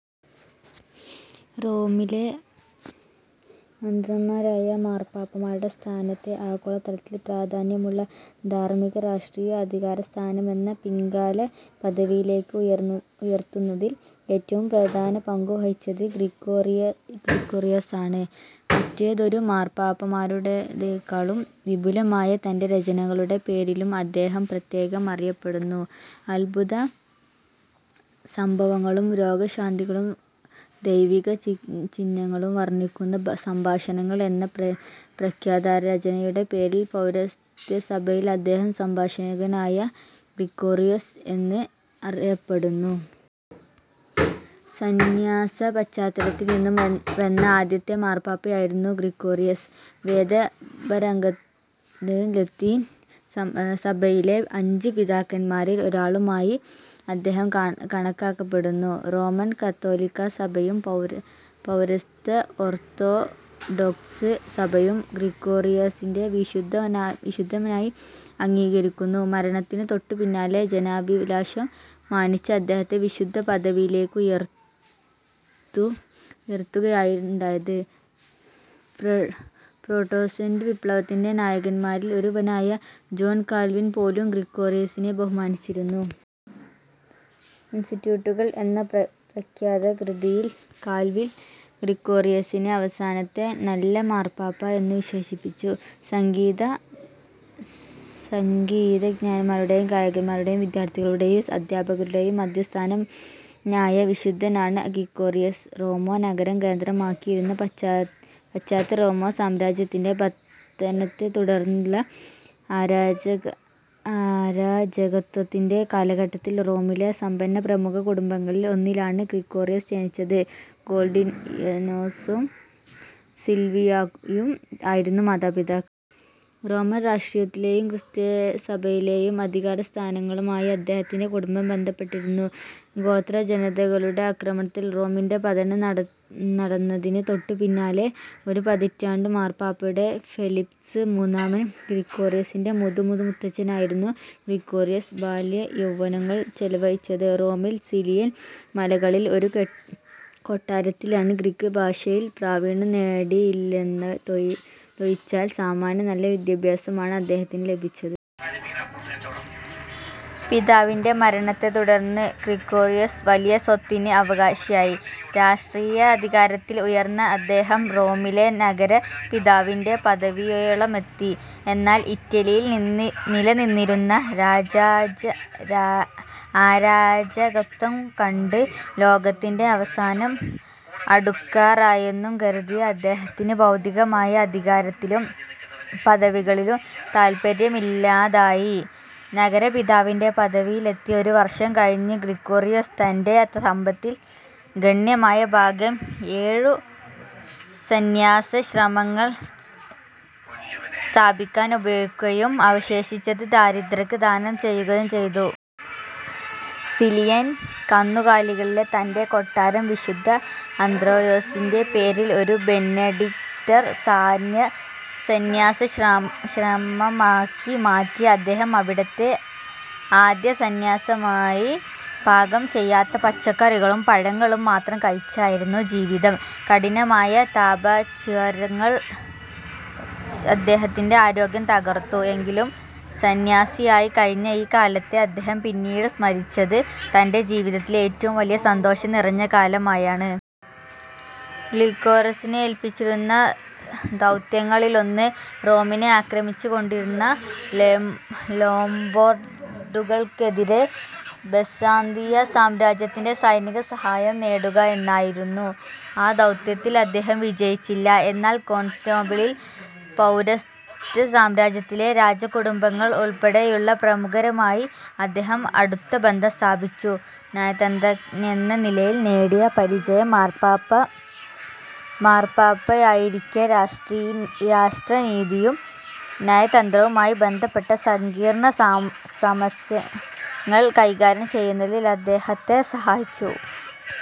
റോമിലെ മെത്രാന്മാരായ മാർപ്പാപ്പാമാരുടെ സ്ഥാനത്തെ, ആഗോളതലത്തിൽ പ്രാധാന്യമുള്ള ധാർമ്മിക-രാഷ്ട്രീയ അധികാരസ്ഥാനമെന്ന പിൽക്കാലപദവിയിലേയ്ക്ക് ഉയർത്തുന്നതിൽ ഏറ്റവും പ്രധാന പങ്കുവഹിച്ചത് ഗ്രിഗോറിയോസാണ്. മറ്റേതൊരു മാർപ്പാപ്പായുടേതിനേക്കാളും വിപുലമായ തന്റെ രചനകളുടെ പേരിലും അദ്ദേഹം പ്രത്യേകം അറിയപ്പെടുന്നു. അത്ഭുതസംഭവങ്ങളും രോഗശാന്തികളും ദൈവികചിഹ്നങ്ങളും വർണ്ണിക്കുന്ന "സംഭാഷണങ്ങൾ" എന്ന പ്രഖ്യാതരചനയുടെ പേരിൽ, പൗരസ്ത്യസഭയിൽ അദ്ദേഹം സംഭാഷകനായ ഗ്രിഗോറിയോസ് എന്നും അറിയപ്പെടുന്നു. സന്യാസപശ്ചാത്തലത്തിൽ നിന്നു വന്ന ആദ്യത്തെ മാർപ്പാപ്പയായിരുന്നു ഗ്രിഗോറിയോസ്. വേദപാരംഗതനും, ലത്തീൻ സഭയിലെ അഞ്ചു പിതാക്കന്മാരിൽ ഒരാളുമായി അദ്ദേഹം കണക്കാക്കപ്പെടുന്നു. റോമൻ കത്തോലിക്കാ സഭയും പൗരസ്ത്യ ഓർത്തൊഡോക്സ് സഭയും ഗ്രിഗോറിയോസിനെ വിശുദ്ധനായി അംഗീകരിക്കുന്നു. മരണത്തിനു തൊട്ടുപിന്നാലെ, ജനാഭിലാഷം മാനിച്ച് അദ്ദേഹത്തെ വിശുദ്ധപദവിയിലേയ്ക്കുയർത്തുകയാണുണ്ടായത്. പ്രൊട്ടസ്റ്റന്റ് വിപ്ലവത്തിന്റെ നായകന്മാരിൽ ഒരുവനായ ജോൺ കാൽവിൽ പോലും ഗ്രിഗോറിയോസിനെ ബഹുമാനിച്ചിരുന്നു. "ഇൻസ്റ്റിട്യൂട്ടുകൾ" എന്ന പ്രഖ്യാതകൃതിയിൽ കാൽവിൽ ഗ്രിഗോറിയോസിനെ, "അവസാനത്തെ നല്ല മാർപ്പാപ്പ" എന്നു വിശേഷിപ്പിച്ചു. സംഗീതജ്ഞന്മാരുടേയും, ഗായകരുടേയും, വിദ്യാർത്ഥികളുടേയും, അദ്ധ്യാപകരുടേയും മദ്ധ്യസ്ഥനായ വിശുദ്ധനാണ് ഗ്രിഗോറിയോസ്. റോമാ നഗരം കേന്ദ്രമാക്കിയിരുന്ന പാശ്ചാത്യറോമാസാമ്രാജ്യത്തിന്റെ പതനത്തെ തുടർന്നുള്ള അരാജകത്വത്തിന്റെ കാലഘട്ടത്തിൽ റോമിലെ സമ്പന്ന പ്രഭുകുടുംബങ്ങളിൽ ഒന്നിലാണ് ഗ്രിഗോറിയോസ് ജനിച്ചത്. ഗോർഡിയാനോസും സിൽവിയായും ആയിരുന്നു മാതാപിതാക്കൾ. റോമൻ രാഷ്ടീയത്തിലേയും ക്രിസ്തീയസഭയിലേയും അധികാരസ്ഥാനങ്ങളുമായി അദ്ദേഹത്തിന്റെ കുടുംബം ബന്ധപ്പെട്ടിരുന്നു. ഗോത്രജനതകളുടെ ആക്രമണത്തിൽ റോമിന്റെ പതനം നടന്നതിന് തൊട്ടുപിന്നാലെ ഒരു പതിറ്റാണ്ട് മാർപ്പാപ്പയായിരുന്ന ഫെലിക്സ് മൂന്നാമൻ ഗ്രിഗോറിയോസിന്റെ മുതു-മുതു-മുത്തച്ഛനായിരുന്നു. ഗ്രിഗോറിയോസ് ബാല്യയൗവനങ്ങൾ ചെലവഴിച്ചത് റോമിൽ സീലിയൻ മലകളിലെ ഒരു കൊട്ടാരത്തിലാണ്. ഗ്രീക്ക് ഭാഷയിൽ പ്രാവീണ്യം നേടാനായില്ലെന്നതൊഴിച്ചാൽ സാമാന്യം നല്ല വിദ്യാഭ്യാസമാണ് അദ്ദേഹത്തിന് ലഭിച്ചത്. പിതാവിന്റെ മരണത്തെ തുടർന്ന് ഗ്രിഗോറിയോസ് വലിയ സ്വത്തിന് അവകാശിയായി. രാഷ്ട്രീയാധികാരത്തിൽ ഉയർന്ന അദ്ദേഹം റോമിലെ നഗരപിതാവിന്റെ പദവിയോളമെത്തി. എന്നാൽ, ഇറ്റലിയിൽ നിലനിന്നിരുന്ന അരാജകത്വം കണ്ട് ലോകത്തിന്റെ അവസാനം അടുക്കാറായെന്നു കരുതിയ അദ്ദേഹത്തിന് ഭൗതികമായ അധികാരത്തിലും പദവികളിലും താത്പര്യമില്ലാതായി. നഗരപിതാവിന്റെ പദവിയിലെത്തി ഒരു വർഷം കഴിഞ്ഞ് ഗ്രിഗോറിയോസ് തന്റെ സമ്പത്തിൽ ഗണ്യമായ ഭാഗം ഏഴു സന്യാസാശ്രമങ്ങൾ സ്ഥാപിക്കാൻ ഉപയോഗിക്കുകയും അവശേഷിച്ചത് ദരിദ്രർക്ക് ദാനം ചെയ്യുകയും ചെയ്തു. സീലിയൻ കുന്നുകളിലെ തന്റെ കൊട്ടാരം വിശുദ്ധ അന്ത്രയോസിന്റെ പേരിൽ ഒരു ബെനഡിക്ടൻ സന്യാസാശ്രമമാക്കി മാറ്റി അദ്ദേഹം അവിടത്തെ ആദ്യസന്യാസിയായി. പാകം ചെയ്യാത്ത പച്ചക്കറികളും പഴങ്ങളും മാത്രം കഴിച്ചായിരുന്നു ജീവിതം. കഠിനമായ തപശ്ചര്യകൾ അദ്ദേഹത്തിന്റെ ആരോഗ്യം തകർത്തു. എങ്കിലും സന്യാസിയായി കഴിഞ്ഞ ഈ കാലത്തെ അദ്ദേഹം പിന്നീട് അനുസ്മരിച്ചത്, തന്റെ ജീവിതത്തിലെ ഏറ്റവും സന്തോഷം നിറഞ്ഞ കാലമായാണ്. ഗ്രിഗോറിയോസിനെ ഏല്പിച്ചിരുന്ന ദൗത്യങ്ങളിലൊന്ന് റോമിനെ ആക്രമിച്ചുകൊണ്ടിരുന്ന ലൊംബാർഡുകൾക്കെതിരെ ബൈസാന്തിയ സാമ്രാജ്യത്തിന്റെ സൈനിക സഹായം നേടുക എന്നതായിരുന്നു. ആ ദൗത്യത്തിൽ അദ്ദേഹം വിജയിച്ചില്ല. എന്നാൽ, കോൺസ്റ്റാന്റിനോപ്പിളിൽ, പൗരസ്ത്യസാമ്രാജ്യത്തിലെ രാജകുടുംബാംഗങ്ങൾ ഉൾപ്പെടെയുള്ള പ്രമുഖരുമായി അദ്ദേഹം അടുത്ത ബന്ധം സ്ഥാപിച്ചു. നയതന്ത്രജ്ഞനെന്ന നിലയിൽ നേടിയ പരിചയം മാർപ്പാപ്പയായിരിക്കെ രാഷ്ട്രനീതിയും നയതന്ത്രവുമായി ബന്ധപ്പെട്ട സങ്കീർണ്ണസമസ്യകൾ കൈകാര്യം ചെയ്യുന്നതിൽ അദ്ദേഹത്തെ സഹായിച്ചു.